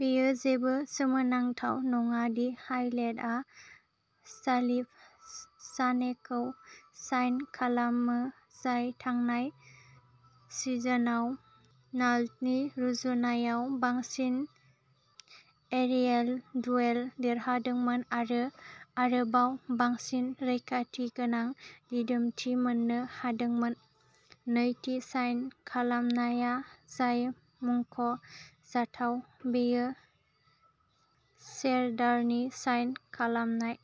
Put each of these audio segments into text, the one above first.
बेयो जेबो सोमोनांथाव नङा दि हाइडेलआ सालिफ सानेखौ साइन खालामो, जाय थांनाय सिजनआव नाल्ड'नि रुजुनायाव बांसिन एरियेल दुवेल देरहादोंमोन आरो आरोबाव बांसिन रैखाथि गोनां दिदोमथि मोननो हादोंमोन। नैथि साइन खालामनाया जाय मुंख' जाथाव, बेयो सेरदारनि साइन खालामनाय।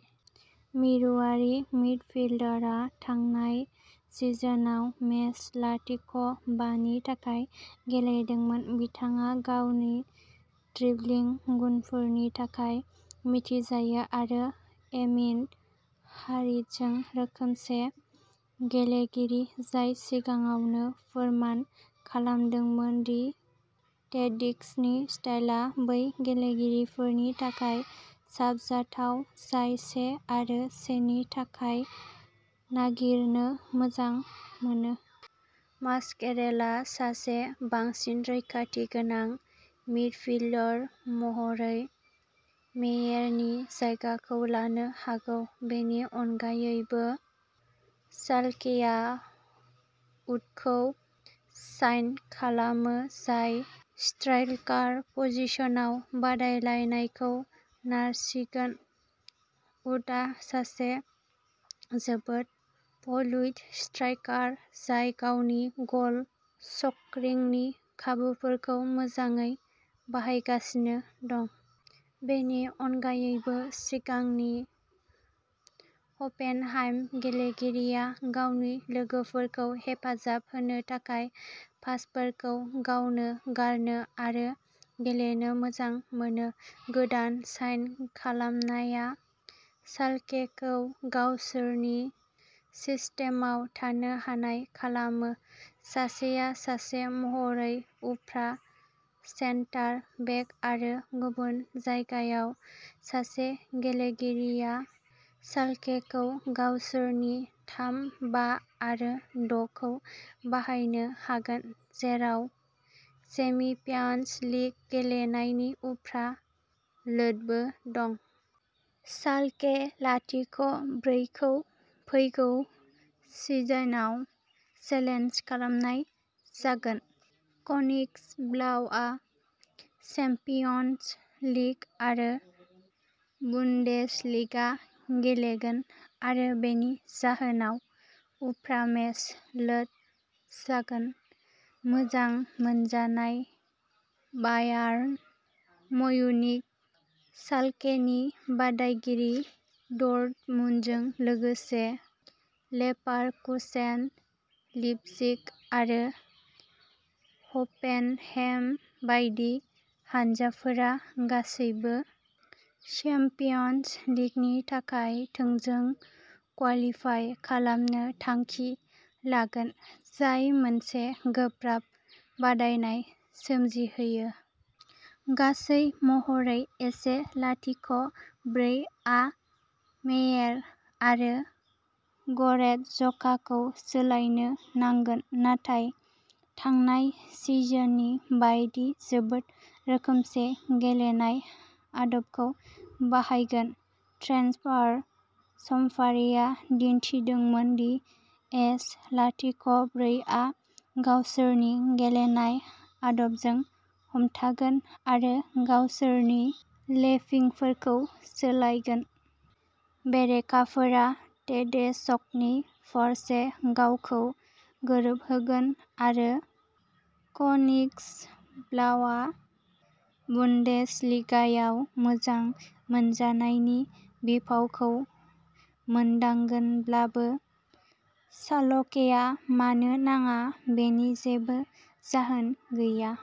मिरुआरि मिडफिल्डारआ थांनाय सिजनआव मेन्ज लाथिख' बा नि थाखाय गेलेदोंमोन। बिथाङा गावनि ड्रिब्लिं गुनफोरनि थाखाय मिथिजायो आरो एमिन हारिटजों रोखोमसे गेलेगिरि, जाय सिगाङावनो फोरमान खालामदोंमोन दि टेडेस्क'नि स्टाइलआ बै गेलेगिरिफोरनि थाखाय साबजाथाव जाय से आरो से नि थाखाय नागिरनो मोजां मोनो। मास्केरेलआ सासे बांसिन रैखाथि गोनां मिडफिल्डार महरै मेयेरनि जायगाखौ लानो हागौ। बेनि अनगायैबो, शाल्केआ उथखौ साइन खालामो, जाय स्ट्राइकार पजिशनाव बादायलायनायखौ नारसिगोन। उथआ सासे जोबोद फ्लुइड स्ट्राइकार, जाय गावनि गल स्क'रिंनि खाबुफोरखौ मोजाङै बाहायगासिनो दं। बेनि अनगायैबो, सिगांनि हफेनहेइम गेलेगिरिया गावनि लोगोफोरखौ हेफाजाब होनो थाखाय पासफोरखौ गावनो गारनो आरो गेलेनो मोजां मोनो। गोदान साइन खालामनाया शाल्केखौ गावसोरनि सिस्टेमआव थानो हानाय खालामो। सानेआ सासे महरै उफ्रा सेन्टार बेक आरो गुबुन जायगायाव सासे गेलेगिरिया शाल्केखौ गावसोरनि थाम बा आरो द' खौ बाहायनो हागोन, जेराव चेम्पियन्स लिग गेलेनायनि उफ्रा लोडबो दं। शाल्के लाथिख' ब्रै खौ फैगौ सिजनआव चेलेन्ज खालामनाय जागोन। कनिग्सब्लाउआ चेम्पियन्स लिग आरो बुन्देसलिगा गेलेगोन आरो बेनि जाहोनाव उफ्रा मेच लोड जागोन। मोजां मोनजानाय बायार्न म्युनिख, शाल्केनि बादायगिरि डर्टमुन्डजों लोगोसे लेभारकुसेन, लिपजिग आरो हफेनहेम बायदि हानजाफोरा गासैबो च्याम्पियन्स लिगनि थाखाय थोंजों क्वालिफाइ खालामनो थांखि लागोन, जाय मोनसे गोब्राब बादायनाय सोमजिहोयो। गासै महरै, एस लाथिख' ब्रै आ मेयेर आरो ग'रेटजकाखौ सोलायनो नांगोन नाथाय थांनाय सिजननि बायदि जोबोद रोखोमसे गेलेनाय आदबखौ बाहायगोन। ट्रेन्सफार समफारिआ दिन्थिदोंमोन दि एस लाथिख' ब्रै आ गावसोरनि गेलेनाय आदबजों हमथागोन आरो गावसोरनि लेभिंफोरखौ सोलायगोन। बेरेखाफोरा टेडेस्क'नि फारसे गावखौ गोरोबहोगोन आरो कनिग्सब्लाउआ बुन्देसलिगायाव मोजां मोनजानायनि बिफावखौ मोनदांगोनब्लाबो, शाल्केआ मानो नाङा बेनि जेबो जाहोन गैया।